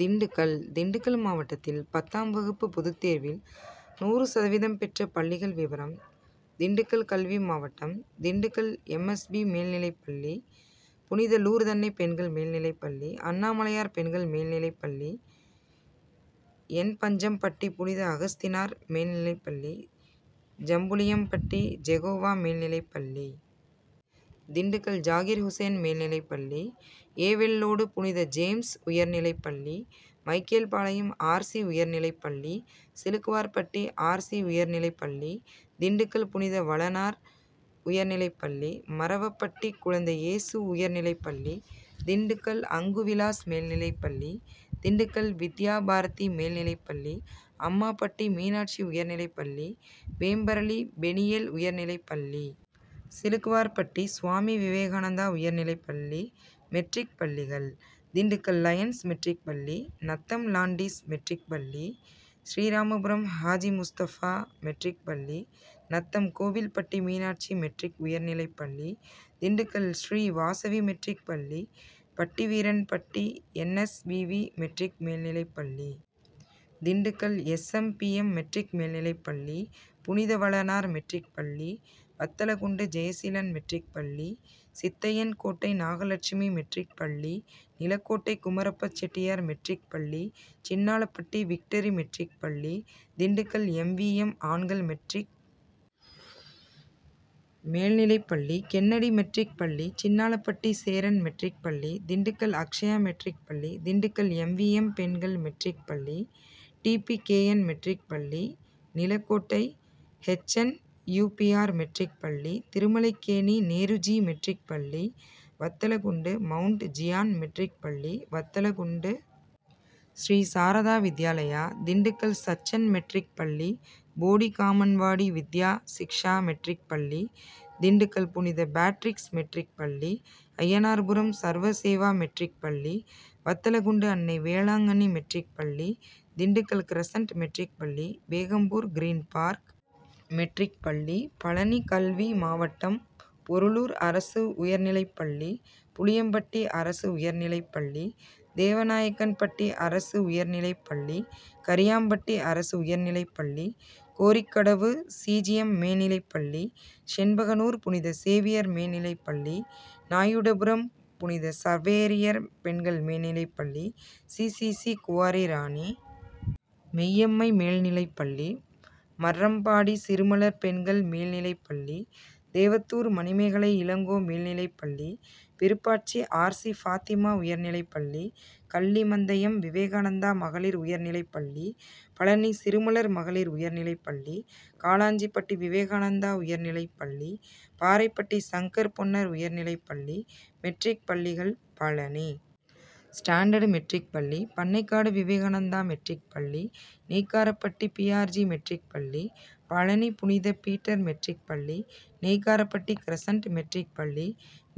திண்டுக்கல் திண்டுக்கல் மாவட்டத்தில் பத்தாம் வகுப்பு பொதுத்தேர்வில் நூறு சதவீதம் பெற்ற பள்ளிகள் விபரம் திண்டுக்கல் கல்வி மாவட்டம் திண்டுக்கல் எம்எஸ்பி, மேல்நிலைப் பள்ளி, புனித லூர்தன்னை பெண்கள் மேல் நிலைப்பள்ளி, அண்ணாமலையார் பெண்கள் மேல்நிலைப்பள்ளி, என்பஞ்சம்பட்டி புனித அகஸ்தினார் மேல்நிலைப்பள்ளி, ஜம்புலியம்பட்டி ஜெகோவா மேல்நிலைப்பள்ளி, திண்டுக்கல்ஜாகீர் உசேன் மேல்நிலைப்பள்ளி, ஏவெள்ளோடு புனித ஜேம்ஸ் உயர்நிலைப்பள்ளி, மைக்கேல்பாளையம் ஆர்சி, உயர்நிலைப்பள்ளி, சிலுக்குவார்பட்டி ஆர்சி, உயர்நிலைப்பள்ளி, திண்டுக்கல் புனித வளனார் உயர்நிலைப்பள்ளி, மறவப்பட்டி குழந்தை இயேசு உயர்நிலைப்பள்ளி, திண்டுக்கல் அங்குவிலாஸ் மேல்நிலைப்பள்ளி, திண்டுக்கல் வித்யாபார்த்தி மேல்நிலைப்பள்ளி, அம்மாபட்டி மீனாட்சி உயர்நிலைப்பள்ளி, வேம்பரளி பெனியேல் உயர்நிலைப்பள்ளி, சிலுக்குவார்பட்டி சுவாமி விவேகானந்தா உயர்நிலைப்பள்ளி மெட்ரிக் பள்ளிகள் திண்டுக்கல் லயன்ஸ் மெட்ரிக் பள்ளி, நத்தம் லாண்டீஸ் மெட்ரிக் பள்ளி, ஸ்ரீராமபுரம் ஹாஜி முஸ்தபா மெட்ரிக் பள்ளி, நத்தம் கோவில்பட்டி மீனாட்சி மெட்ரிக் உயர்நிலைப்பள்ளி, திண்டுக்கல் ஸ்ரீவாசவி மெட்ரிக் பள்ளி, பட்டிவீரன்பட்டி என்எஸ் விவி, மெட்ரிக் மேல்நிலைப்பள்ளி, திண்டுக் கல் எஸ்எம்பிஎம், மெட்ரிக் மேல்நிலைப் பள்ளி, புனித வளனார் மெட்ரிக் பள்ளி, வத்தலக்குண்டு ஜெயசீலன் மெட்ரிக் பள்ளி, சித்தையன் கோட்டை நாகலட்சுமி மெட்ரிக் பள்ளி, நிலக்கோட்டை குமரப்ப செட்டியார் மெட்ரிக் பள்ளி, சின்னாளபட்டி விக்டரி மெட்ரிக் பள்ளி, திண்டுக்கல் எம்வி எம், ஆண்கள் மெட்ரிக் மேல்நிலைப்பள்ளி, கென்னடி மெட்ரிக் பள்ளி, சின்னாளபட்டி சேரன் மெட்ரிக் பள்ளி, திண்டுக் கல் அக்ஷயா மெட்ரிக் பள்ளி, திண்டுக்கல் எம்விஎம், பெண்கள் மெட்ரிக் பள்ளி, டிபிகேஎன் மெட்ரிக் பள்ளி, நிலக்கோட்டை எச்என்யூபிஆர், மெட்ரிக் பள்ளி, திருமலைக்கேணி நேருஜி மெட்ரிக் பள்ளி, வத்தலக்குண்டு மவுண்ட் ஜியான் மெட்ரிக் பள்ளி, வத்தலக்குண்டு ஸ்ரீசாரதா வித்யாலயா, திண்டுக் கல் சச்சன் மெட்ரிக் பள்ளி, போடிகாமன்வாடி வித்யா சிக்ஷா மெட்ரிக் பள்ளி, திண்டுக்கல் புனித பேட்ரிக்ஸ் மெட்ரிக் பள்ளி, அய்யனார்புரம் சர்வசேவா மெட்ரிக் பள்ளி, வத்தலக்குண்டு அன்னை வேளாங்கன்னி மெட்ரிக் பள்ளி, திண்டுக்கல் கிரசன்ட் மெட்ரிக் பள்ளி, பேகம்பூர் கிரீன் பார்க் மெட்ரிக் பள்ளி பழநி கல்வி மாவட்டம் பொருளூர் அரசு உயர்நிலைப்பள்ளி, புளியம்பட்டி அரசு உயர்நிலைப்பள்ளி, தேவநாயக்கன்பட்டி அரசு உயர்நிலைப்பள்ளி, கரியாம்பட்டி அரசு உயர்நிலைப் பள்ளி, கோரிக்கடவு சிஜிஎம், மேநி, பள்ளி, செண்பகனூர் புனித சேவியர் மேநி, பள்ளி, நாயுடுபுரம் புனித சவேரியார் பெண்கள் மேநி, பள்ளி, சிசிசி, குவாரி ராணி மெய்யம்மை மேல்நிலைப்பள்ளி, மாரம்பாடி சிறுமலர் பெண்கள் மேல்நிலைப்பள்ளி, தேவத்தூர் மணிமேகலை இளங்கோ மேல்நிலைப்பள்ளி, விருப்பாட்சி ஆர்சி, பாத்திமா உயர்நிலைப்பள்ளி, கள்ளிமந்தயம் விவேகானந்தா மகளிர் உயர்நிலைப்பள்ளி, பழநி சிறுமலர் மகளிர் உயர்நிலைப்பள்ளி, காளாஞ்சிபட்டி விவேகானந்தா உயர்நிலைப் பள்ளி, பாறைப்பட்டி சங்கர் பொன்னர் உயர்நிலைப்பள்ளி மெட்ரிக் பள்ளிகள் பழநி ஸ்டாண்டர்டு மெட்ரிக் பள்ளி, பண்ணைக்காடு விவேகானந் தா மெட்ரிக்பள்ளி, நெய்க்காரப்பட்டி பிஆர்ஜி, மெட்ரிக் பள்ளி, பழநி புனித பீட்டர் மெட்ரிக் பள்ளி, நெய்க்காரப்பட்டி கிரசன்ட் மெட்ரிக் பள்ளி,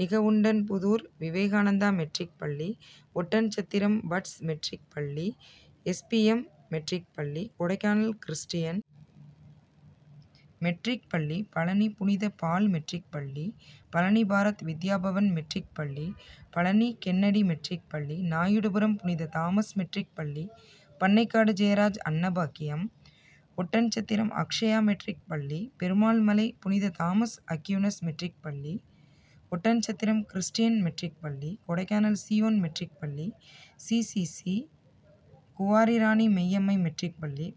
நிகவுண்டன்புதூர் விவேகானந்தா மெட்ரிக் பள்ளி, ஒட்டன்சத்திரம் பட்ஸ் மெட்ரிக் பள்ளி, எஸ்பிஎம், மெட்ரிக் பள்ளி, கொடைக்கானல் கிறிஸ்டியன் மெட்ரிக் பள்ளி, பழநி புனித பால் மெட்ரிக் பள்ளி, பழநி பாரத் வித்யாபவன் மெட்ரிக் பள்ளி, பழநி கென்னடி மெட்ரிக் பள்ளி, நாயுடுபுரம் புனித தாமஸ் மெட்ரிக் பள்ளி, பண்ணைக்காடு ஜெயராஜ் அன்னபாக்கியம், ஒட்டன்சத்திரம் அக்ஷயா மெட்ரிக் பள்ளி, பெருமாள் மலை புனித தாமஸ் அக்யூனஸ் மெட்ரிக் பள்ளி, ஒட்டன்சத்திரம் கிறிஸ்டின் மெட்ரிக் பள்ளி, கொடைக்கானல் சீயோன் மெட்ரிக் பள்ளி, சிசிசி, குவாரி ராணி மெய்யம்மை மெட்ரிக் பள்ளி,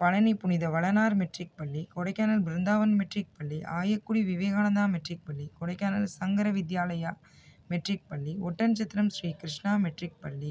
பழநி புனித வளனார் மெட்ரிக் பள்ளி கொடைக்கானல் பிருந்தாவன் மெட்ரிக் பள்ளி, ஆயக்குடி விவேகானந்தா மெட்ரிக் பள்ளி, கொடைக்கானல் சங்கர வித்யாலயா மெட்ரிக் பள்ளி, ஒட்டன்சத்திரம் ஸ்ரீகிருஷ்ணா மெட்ரிக் பள்ளி.